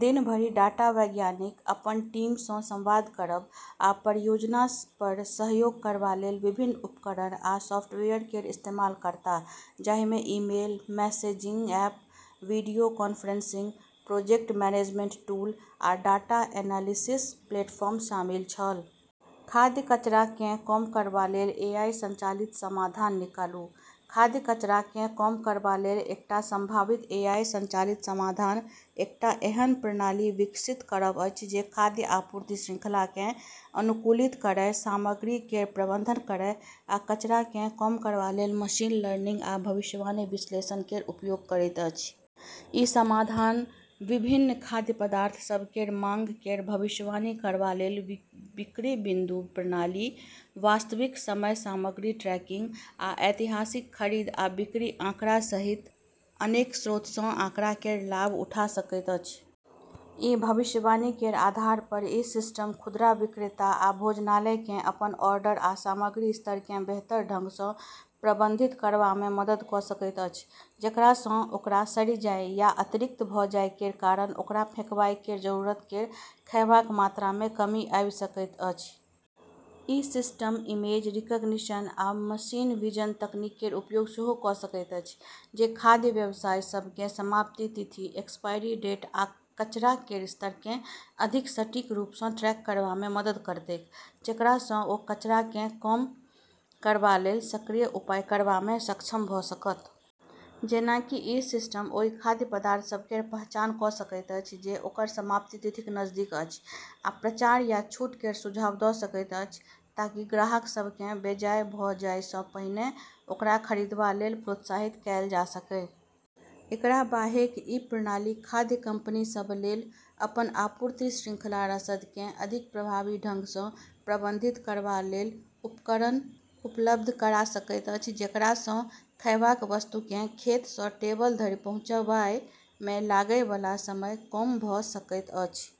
दिन भरि डाटा वैज्ञानिक अपन टीम सँ संवाद करब आ परियोजना पर सहयोग करबा लेल विभिन्न उपकरण आ सॉफ्टवेयर केर इस्तेमाल करताह, जाहि मे email, messaging app, video conferencing, project management tool, आ डाटा एनालिसिस प्लेटफॉर्म शामिल छल। खाद्य कचरा केँ कम करबा लेल एआई संचालित समाधान निकालू। खाद्य कचरा केँ कम करबा लेल एकटा सम्भावित एआई संचालित समाधान एकटा एहन प्रणाली विकसित करब अछि जे खाद्य आपूर्ति श्रृंखला केँ अनुकूलित करय, सामग्री केर प्रबंधन करय आ कचरा केँ कम करबा लेल मशीन लर्निंग आ भविष्यवाणी विश्लेषण केर उपयोग करैत अछि। ई समाधान विभिन्न खाद्य पदार्थ सभ केर माँग केर भविष्यवाणी करबा लेल बिक्री बिंदु प्रणाली, वास्तविक समय सामग्री ट्रैकिंग, आ ऐतिहासिक खरीद आ बिक्री आँकड़ा सहित अनेक स्रोत सँ आँकड़ा केर लाभ उठा सकैत अछि। ई भविष्यवाणी केर आधार पर ई सिस्टम खुदरा विक्रेता आ भोजनालय केँ अपन ऑर्डर आ सामग्री स्तर केँ बेहतर ढंग सँ प्रबंधित करबा मे मदद कऽ सकैत अछि, जेकरा सँ ओकरा सड़ि जाय या अतिरिक्त भऽ जाय केर कारण ओकरा फेंकबाय केर जरूरत केर खैबाक मात्रा मे कमी आबि सकैत अछि। ई सिस्टम इमेज रिकग्निशन आ मशीन विजन तकनीक केर उपयोग सेहो कऽ सकैत अछि, जे खाद्य व्यवसाय सभ केँ समाप्ति तिथि एक्सपायरी डेट आ कचरा केर स्तर केँ अधिक सटीक रूप सँ ट्रैक करबा मे मदद करतैक, जेकरा सँ ओ कचरा केँ कम करबा लेल सक्रिय उपाय करबा मे सक्षम भऽ सकत। जेना कि ई सिस्टम ओहि खाद्य पदार्थ सभ केर पहचान कऽ सकैत अछि जे ओकर समाप्ति तिथिक नजदीक अछि आ प्रचार या छूट केर सुझाव दऽ सकैत अछि ताकि ग्राहक सभ केँ बेजाय भऽ जाय सँ पहिने ओकरा खरीदबा लेल प्रोत्साहित कएल जा सकय। एकरा बाहेक ई प्रणाली खाद्य कंपनी सभ लेल अपन आपूर्ति श्रृंखला रसद केँ अधिक प्रभावी ढंग सँ प्रबंधित करबा लेल उपकरण उपलब्ध करा सकैत अछि, जेकरा सँ खैबाक वस्तु केँ खेत सँ टेबल धरि पहुँचबाय मे लागै बला समय कम भऽ सकैत अछि।